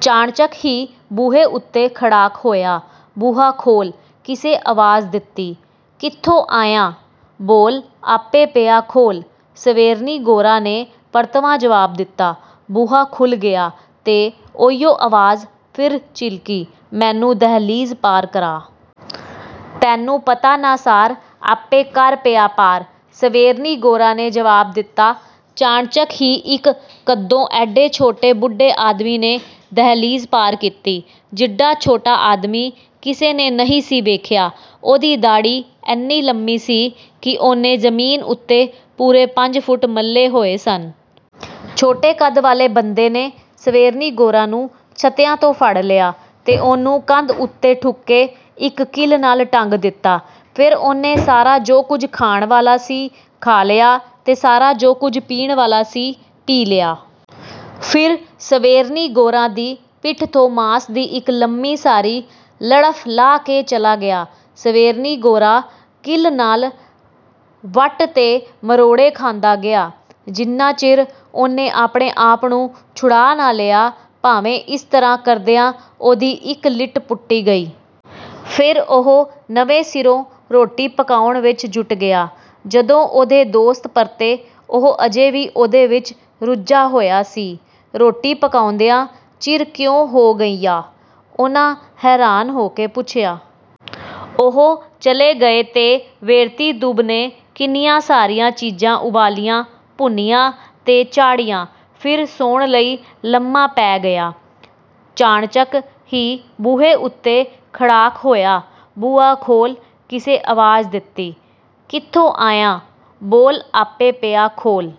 ਚਾਣਚੱਕ ਹੀ ਬੂਹੇ ਉੱਤੇ ਖੜਾਕ ਹੋਇਆ। “ਬੂਹਾ ਖੋਲ੍ਹ!” ਕਿਸੇ ਆਵਾਜ਼ ਦਿੱਤੀ। “ਕਿੱਥੋਂ ਆਇਆਂ? ਬੋਲ, ਆਪੇ ਪਿਆ ਖੋਲ੍ਹ!” ਸਵੇਰਨੀ-ਗੋਰਾ ਨੇ ਪਰਤਵਾਂ ਜਵਾਬ ਦਿੱਤਾ। ਬੂਹਾ ਖੁੱਲ੍ਹ ਗਿਆ ਤੇ ਉਹੀਓ ਆਵਾਜ਼ ਫਿਰ ਚਿਲਕੀ, “ਮੈਨੂੰ ਦਹਿਲੀਜ਼ ਪਾਰ ਕਰਾ!” “ਤੈਨੂੰ ਪਤਾ ਨਾ ਸਾਰ, ਆਪੇ ਕਰ ਪਿਆ ਪਾਰ!” ਸਵੇਰਨੀ-ਗੋਰਾ ਨੇ ਜਵਾਬ ਦਿੱਤਾ। ਚਾਣਚੱਕ ਹੀ ਇੱਕ ਕੱਦੋਂ ਐਡੇ ਛੋਟੇ ਬੁੱਢੇ ਆਦਮੀ ਨੇ ਦਹਿਲੀਜ਼ ਪਾਰ ਕੀਤੀ, ਜਿੱਡਾ ਛੋਟਾ ਆਦਮੀ ਕਿਸੇ ਨੇ ਨਹੀਂ ਸੀ ਵੇਖਿਆ। ਉਹਦੀ ਦਾੜ੍ਹੀ ਐਨੀ ਲੰਮੀ ਸੀ ਕਿ ਉਹਨੇ ਜ਼ਮੀਨ ਉੱਤੇ ਪੂਰੇ ਪੰਜ ਫੁੱਟ ਮੱਲੇ ਹੋਏ ਸਨ। ਛੋਟੇ ਕੱਦ ਵਾਲੇ ਬੰਦੇ ਨੇ ਸਵੇਰਨੀ-ਗੋਰਾ ਨੂੰ ਛੱਤੀਆਂ ਤੋਂ ਫੜ ਲਿਆ ਤੇ ਉਹਨੂੰ ਕੰਧ ਉੱਤੇ ਠੁਕੇ ਇੱਕ ਕਿੱਲ ਨਾਲ ਟੰਗ ਦਿੱਤਾ। ਫਿਰ ਉਹਨੇ ਸਾਰਾ ਜੋ ਕੁਝ ਖਾਣ ਵਾਲਾ ਸੀ, ਖਾ ਲਿਆ ਤੇ ਸਾਰਾ ਜੋ ਕੁਝ ਪੀਣ ਵਾਲਾ ਸੀ, ਪੀ ਲਿਆ। ਫਿਰ ਸਵੇਰਨੀ-ਗੋਰਾ ਦੀ ਪਿੱਠ ਤੋਂ ਮਾਸ ਦੀ ਇੱਕ ਲੰਮੀ ਸਾਰੀ ਲੜਫ਼ ਲਾਹ ਕੇ ਚਲਾ ਗਿਆ। ਸਵੇਰਨੀ-ਗੋਰਾ ਕਿੱਲ ਨਾਲ ਵੱਟ ਤੇ ਮਰੋੜੇ ਖਾਂਦਾ ਗਿਆ, ਜਿੰਨਾ ਚਿਰ ਉਹਨੇ ਆਪਣੇ ਆਪ ਨੂੰ ਛੁਡਾ ਨਾ ਲਿਆ, ਭਾਵੇਂ ਇਸ ਤਰ੍ਹਾਂ ਕਰਦਿਆਂ ਉਹਦੀ ਇੱਕ ਲਿੱਟ ਪੁੱਟੀ ਗਈ। ਫਿਰ ਉਹ ਨਵੇਂ ਸਿਰੋਂ ਰੋਟੀ ਪਕਾਉਣ ਵਿੱਚ ਜੁੱਟ ਗਿਆ। ਜਦੋਂ ਉਹਦੇ ਦੋਸਤ ਪਰਤੇ, ਉਹ ਅਜੇ ਵੀ ਉਹਦੇ ਵਿੱਚ ਰੁੱਝਾ ਹੋਇਆ ਸੀ। “ਰੋਟੀ ਪਕਾਉਂਦਿਆਂ ਚਿਰ ਕਿਉਂ ਹੋ ਗਈ ਆ?” ਉਹਨਾਂ ਹੈਰਾਨ ਹੋ ਕੇ ਪੁੱਛਿਆ। ਉਹ ਚਲੇ ਗਏ ਤੇ ਵੇਰਤੀ-ਦੂਬ ਨੇ ਕਿੰਨੀਆਂ ਸਾਰੀਆਂ ਚੀਜ਼ਾਂ ਉਬਾਲੀਆਂ, ਭੁੰਨੀਆਂ ਤੇ ਚਾੜ੍ਹੀਆਂ। ਫਿਰ ਸੌਣ ਲਈ ਲੰਮਾ ਪੈ ਗਿਆ। ਚਾਣਚੱਕ ਹੀ ਬੂਹੇ ਉੱਤੇ ਖੜਾਕ ਹੋਇਆ। “ਬੂਹਾ ਖੋਲ੍ਹ!” ਕਿਸੇ ਆਵਾਜ਼ ਦਿੱਤੀ। “ਕਿੱਥੋਂ ਆਇਆਂ? ਬੋਲ, ਆਪੇ ਪਿਆ ਖੋਲ੍ਹ!”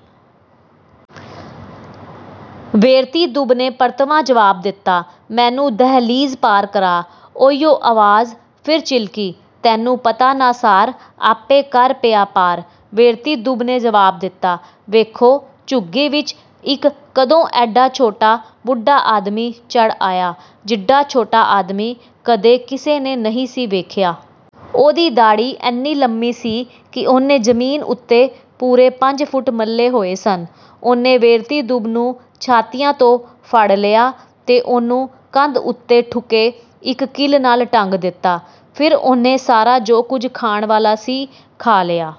ਵੇਰਤੀ-ਦੂਬ ਨੇ ਪਰਤਵਾਂ ਜਵਾਬ ਦਿੱਤਾ। “ਮੈਨੂੰ ਦਹਿਲੀਜ਼ ਪਾਰ ਕਰਾ!” ਉਹੀਓ ਆਵਾਜ਼ ਫਿਰ ਚਿਲਕੀ। “ਤੈਨੂੰ ਪਤਾ ਨਾ ਸਾਰ, ਆਪੇ ਕਰ ਪਿਆ ਪਾਰ!” ਵੇਰਤੀ-ਦੂਬ ਨੇ ਜਵਾਬ ਦਿੱਤਾ। ਵੇਖੋ! ਝੁੱਗੀ ਵਿੱਚ ਇੱਕ ਕੱਦੋਂ ਐਡਾ ਛੋਟਾ ਬੁੱਢਾ ਆਦਮੀ ਚੜ੍ਹ ਆਇਆ, ਜਿੱਡਾ ਛੋਟਾ ਆਦਮੀ ਕਦੇ ਕਿਸੇ ਨੇ ਨਹੀਂ ਸੀ ਵੇਖਿਆ। ਉਹਦੀ ਦਾੜ੍ਹੀ ਐਨੀ ਲੰਮੀ ਸੀ ਕਿ ਉਹਨੇ ਜ਼ਮੀਨ ਉੱਤੇ ਪੂਰੇ ਪੰਜ ਫੁੱਟ ਮੱਲੇ ਹੋਏ ਸਨ। ਉਹਨੇ ਵੇਰਤੀ-ਦੂਬ ਨੂੰ ਛਾਤੀਆਂ ਤੋਂ ਫੜ ਲਿਆ ਤੇ ਉਹਨੂੰ ਕੰਧ ਉੱਤੇ ਠੁਕੇ ਇੱਕ ਕਿੱਲ ਨਾਲ ਟੰਗ ਦਿੱਤਾ। ਫਿਰ ਉਹਨੇ ਸਾਰਾ ਜੋ ਕੁਝ ਖਾਣ ਵਾਲਾ ਸੀ, ਖਾ ਲਿਆ।